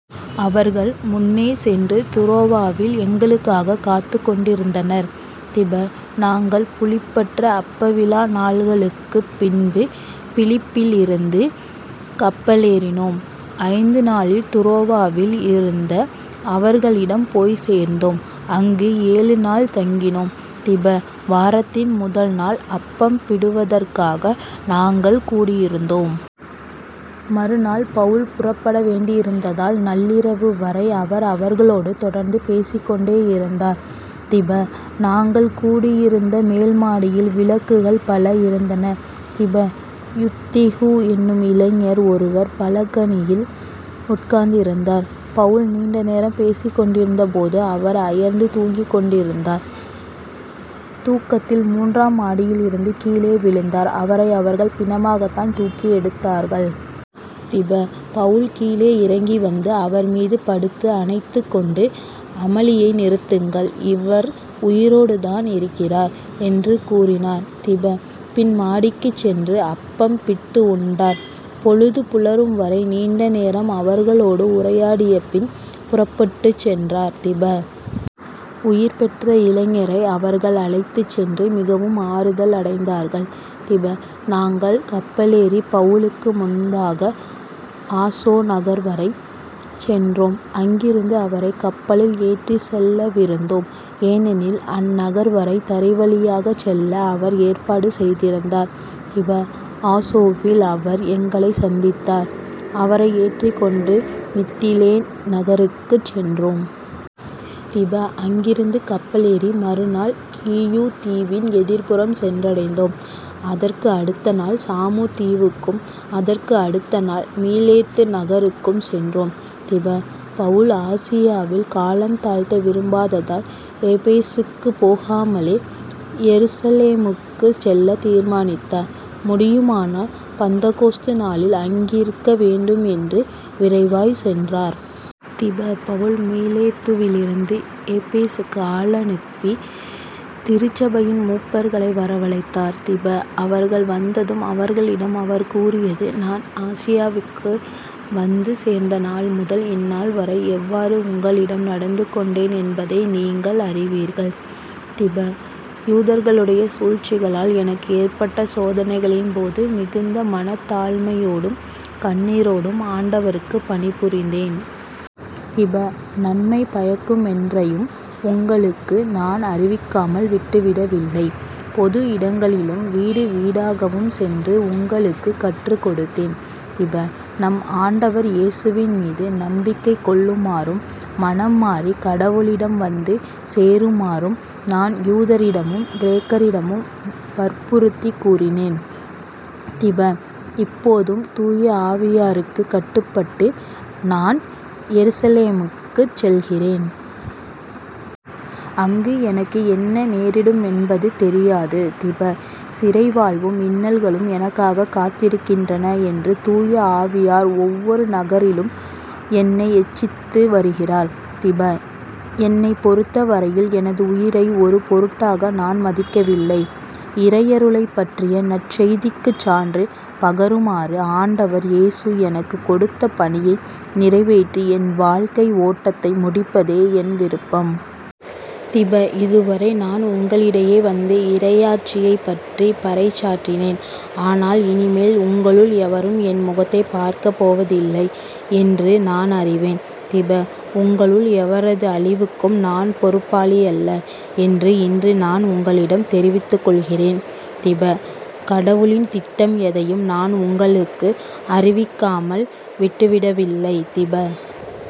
அவர்கள் முன்னே சென்று துரோவாவில் எங்களுக்காகக் காத்துக் கொண்டிருந்தனர். திப. நாங்கள் புளிப்பற்ற அப்பவிழா நாள்களுக்குப் பின்பு பிலிப்பியிலிருந்து கப்பலேறினோம். ஐந்து நாளில் துரோவாவில் இருந்த அவர்களிடம் போய்ச் சேர்ந்தோம். அங்கு ஏழு நாள் தங்கினோம். திப. வாரத்தின் முதள் நாள் அப்பம் பிடுவதற்காக நாங்கள் கூடியிருந்தோம். மறுநாள் பவுல் புறப்பட வேண்டியிருந்ததால் நள்ளிரவு வரை அவர் அவர்களோடு தொடர்ந்து பேசிக் கொண்டேயிருந்தார். திப. நாங்கள் கூடியிருந்த மேல் மாடியில் விளக்குகள் பல இருந்தன. திப. யூத்திகு என்னும் இளைஞர் ஒருவர் பலகணியில் உட்கார்ந்திருந்தார். பவுல் நீண்ட நேரம் பேசிக் கொண்டிருந்தபோது அவர் அயர்ந்து தூங்கிக் கொண்டிருந்தார் தூக்கத்தில் மூன்றாம் மாடியிலிருந்து கீழே விழுந்தார் அவரை அவர்கள் பிணமாகத்தான் தூக்கி எடுத்தார்கள். திப. பவுல் கீழே இறங்கி வந்து அவர் மீது படுத்து அணைத்துக்கொண்டு " அமளியை நிறுத்துங்கள் இவர் உயிரோடுதானியிருக்கிறார் " என்று கூறினார். திப. பின் மாடிக்குச் சென்று அப்பம் பிட்டு உண்டார். பொழுது புலரும் வரை நீண்ட நேரம் அவர்களோடு உரையாடியபின் புறப்பட்டுச்சென்றார். திப. உயிர்பெற்ற இளைஞரை அவர்கள் அழைத்துச்சென்று மிகவும் ஆறுதல் அடைந்தார்கள். திப. நாங்கள் கப்பலேறிப் பவுலுக்கு முன்பாக ஆசொ நகர்வரை சென்றோம். அங்கிருந்து அவரைக் கப்பலில் ஏற்றிச்செல்லவிருந்தோம். ஏனெனில் அந்நகர்வரை தரைவழியாகச் செல்ல அவர் ஏற்பாடு செய்தியிருந்தார். திப. ஆசொவில் அவர் எங்களைச் சந்தித்தார் அவரை ஏற்றிக்கொண்டு மித்திலேன் நகருக்குச் சென்றோம். திப. அங்கிருந்து கப்பலேறி மறுநாள் கீயு தீவின் எதிர்ப்புறம் சென்றடைந்தோம். அதற்கு அடுத்த நாள் சாமு தீவுக்கும், அதற்கு அடுத்த நாள் மிலேத்து நகருக்கும் சென்றோம். திப. பவுல் ஆசியாவில் காலம் தாழ்த்த விரும்பாததால் எபேசுக்குப் போகாமலே எருசலேமுக்குச் செல்லத் தீர்மானித்திருந்தார். முடியுமானால் பெந்தக்கோஸ்து நாளில் அங்கிருக்க வேண்டும் என்று விரைவாய்ச் சென்றார். திப. பவுல் மிலேத்துவிலிருந்து எபேசுக்கு ஆளனுப்பி திருச்சபையின் மூப்பர்களை வரவழைத்தார். திப. அவர்கள் வந்ததும் அவர்களிடம் அவர் கூறியது " நான் ஆசியாவுக்கு வந்து சேர்ந்த நாள்முதல் இந்நாள்வரை எவ்வாறு உங்களிடம் நடந்து கொண்டேன் என்பதை நீங்கள் அறிவீர்கள். திப. யூதர்களுடைய சூழ்ச்சிகளால் எனக்கு ஏற்பட்ட சோதனைகளின்போது மிகுந்த மனத்தாழ்மையோடும் கண்ணீரோடும் ஆண்டவருக்குப் பணிபுரிந்தேன். திப. நன்மை பயக்குமொன்றையும் உங்களுக்கு நான் அறிவிக்காமல் விட்டு விடவில்லை. பொது இடங்களிலும் வீடுவீடாகவும் சென்று உங்களுக்குக் கற்றுக் கொடுத்தேன். திப. நம் ஆண்டவர் இயேசுவின் மீது நம்பிக்கை கொள்ளுமாறும் மனம்மாறி கடவுளிடம் வந்து சேருமாறும் நான் யூதரிடமும் கிரேக்கரிடமும் வற்புறுத்திக் கூறினேன். திப. இப்போதும் தூய ஆவியாருக்குக் கட்டுப்பட்டு நான் எருசலேமுக்குச் செல்லுகிறேன். அங்கு எனக்கு என்ன நேரிடுமென்பது தெரியாது. திப. சிறை வாழ்வும் இன்னல்களும் எனக்காகக் காத்திருக்கின்றன என்று தூய ஆவியார் ஒவ்வொரு நகரிலும் என்னை எச்சித்து வருகிறார். திப. என்னைப் பொறுத்த வரையில் எனது உயிரை ஒரு பொருட்டாக நான் மதிக்கவில்லை. இறையருளைப் பற்றிய நற்செய்திக்குச் சான்று பகருமாறு ஆண்டவர் இயேசு எனக்குக் கொடுத்த பணியை நிறைவேற்றி என் வாழ்க்கை ஓட்டத்தை முடிப்பதே என் விருப்பம். திப. இதுவரை நான் உங்களிடையே வந்து இறையாட்சியைப் பற்றி பறைசாற்றினேன். ஆனால் இனிமேல் உங்களுள் எவரும் என் முகத்தைப் பார்க்கப் போவதில்லை என்று நான் அறிவேன். திப. உங்களுள் எவரது அழிவுக்கும் நான் பொறுப்பாளியல்ல என்று இன்று நான் உங்களிடம் தெரிவித்துக் கொள்கிறேன். திப. கடவுளின் திட்டம் எதையும் நான் உங்களுக்கு அறிவிக்காமல் விட்டுவிடவில்லை. திப.